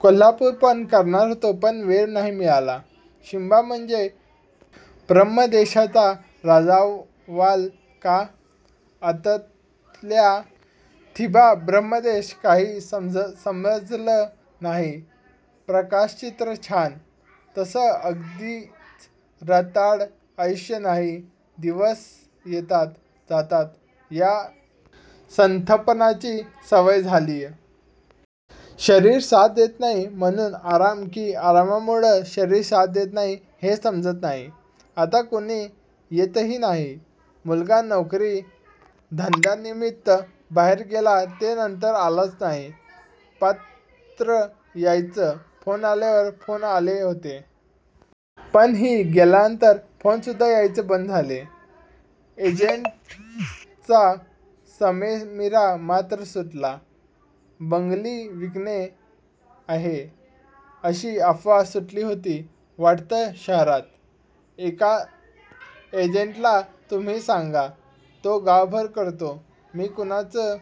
कोल्हापूर पण करणार होतो पण वेळ नाही मिळाला. थिबा म्हणजे ब्रह्मदेशाचा राजावालं का? अतल्या, थिबा ब्रम्हदेश काही समजंल नाही. प्रकाशचित्र छान! तसं अगदीच रटाळ आयुष्य नाही. दिवस येतात, जातात. या संथपणाची सवय झालीय. शरीर साथ देत नाही म्हणून आराम कि आरामामुळं शरीर साथ देत नाही हे समजत नाही. आता कुणी येतही नाही. मुलगा नोकरी धंद्यानिमित्त बाहेर गेला ते नंतर आलाच नाही. पत्रं यायचं. फोन आल्यावर फोन आले होते. पण ही गेल्यानंतर फोन सुद्धा यायचे बंद झाले. एजंट्सचा ससेमिरा मात्र सुटला. बंगली विकणे आहे अशी अफवा सुटली होती वाटतं शहरात. एका एजंटला तुम्ही सांगा, तो गावभर करतो. मी कुणालाच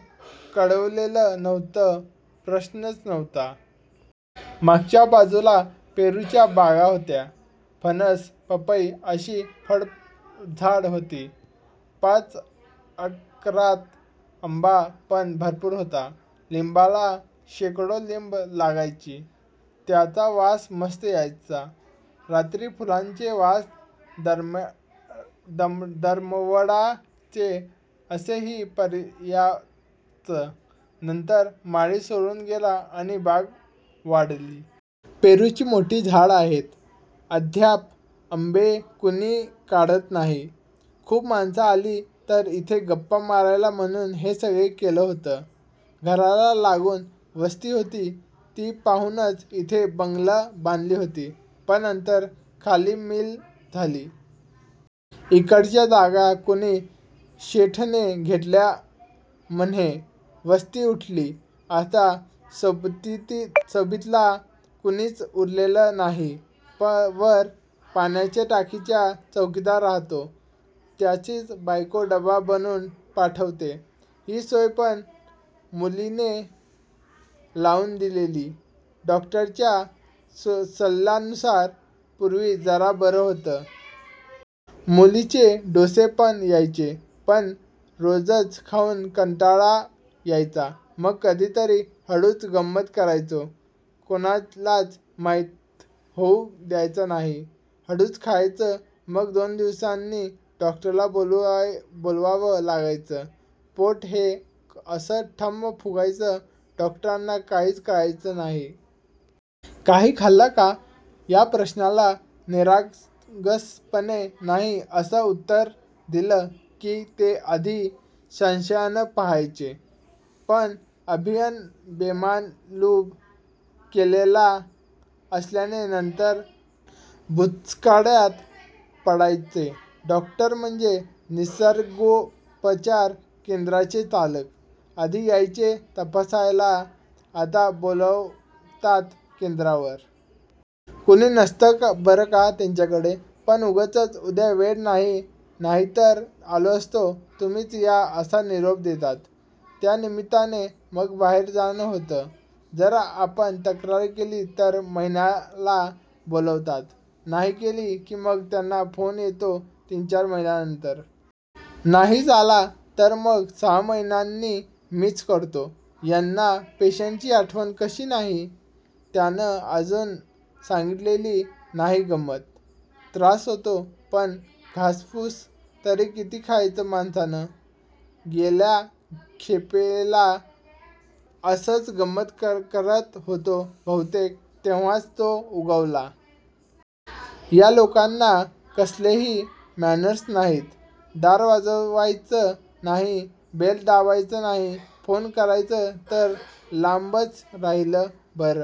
कळवलेलं नव्हतं. प्रश्नच नव्हता. मागच्या बाजूला पेरूच्या बागा होत्या. फणस, पपई अशी फळझाडं होती. पाच एकरात आंबा पण भरपूर होता. लिंबाला शेकडो लिंब लागायची. त्याचा वास मस्त यायचा. रात्री फुलांचे वास दरवळायचे. ही असे पर्यंतच. नंतर माळी सोडून गेला आणि बाग वाळली. पेरूची मोठी झाडं आहेत अद्याप. आंबे कुणी काढत नाही. खूप माणसं आली तर इथे गप्पा मारायला म्हणून हे सगळं केलं होतं. घराला लागून वस्ती होती. ती पाहूनच इथे बंगली बांधली होती. पण नंतर खाली मिल झाली. इकडच्या जागा कूणी शेठने घेतल्या म्हणे. वस्ती उठली. आता सोबतीला कुणीच उरलेलं नाही. वर पाण्याच्या टाकीचा चौकीदार राहतो. त्याचीच बायको डबा बनवून पाठवते. ही सोय पण मुलीने लावून दिलेली. डॉक्टरच्या सल्ल्यानुसार. पूर्वी जरा बरं होतं. मुलीचे डोसे पण यायचे. पण रोजच खाऊन कंटाळा यायचा. मग कधीतरी हळूच गंमत करायचो. कुणालाच माहीत होऊ द्यायचं नाही. हळूच खायचं. मग दोन दिवसांनी डॉक्टरला बोलवावं लागायचं. पोट हे असं टम्म फुगायचं. डॉक्टरांना काहीच कळायचं नाही. काही खाल्लं का? या प्रश्नाला निरागसपणे नाही असं उत्तर दिलं की ते आधी संशयाने पहायचे. पण अभिनय बेमालूम केलेला असल्याने नंतर बुचकळ्यात पडायचे. डॉक्टर म्हणजे निर्सगोपचार केंद्राचे चालक. आधी यायचे तपासायला. आता बोलवतात केंद्रावर. कुणी नसतं बरं का त्यांच्याकडे. पण उगीचच उद्या वेळ नाही नाहीतर आलो असतो. तुम्हीच या असा निरोप देतात. त्या निमित्ताने मग बाहेर जाणं होतं. जर आपण तक्रार केली तर महिन्याला बोलवतात. नाही केली की मग त्यांचा फोन येतो तीन चार महीन्यानंतर. नाहीच आला तर मग सहा महीन्यांनी मीच करतो. यांना पेशंटची आठवण कशी नाही? त्यांन अजून सांगितलेली नाही गंमत. त्रास होतो. पण घासपूस तरी किती खायची माणसानं? गेल्या खेपेला असंच गंमत करत होतो बहुतेक तेव्हांच तो उगवला. या लोकांना कसलेही मॅनर्स नाहीत. दार वाजवायचं नाही, बेल दाबायची नाही. फोन करायचा तर लांबच राहीलं. बर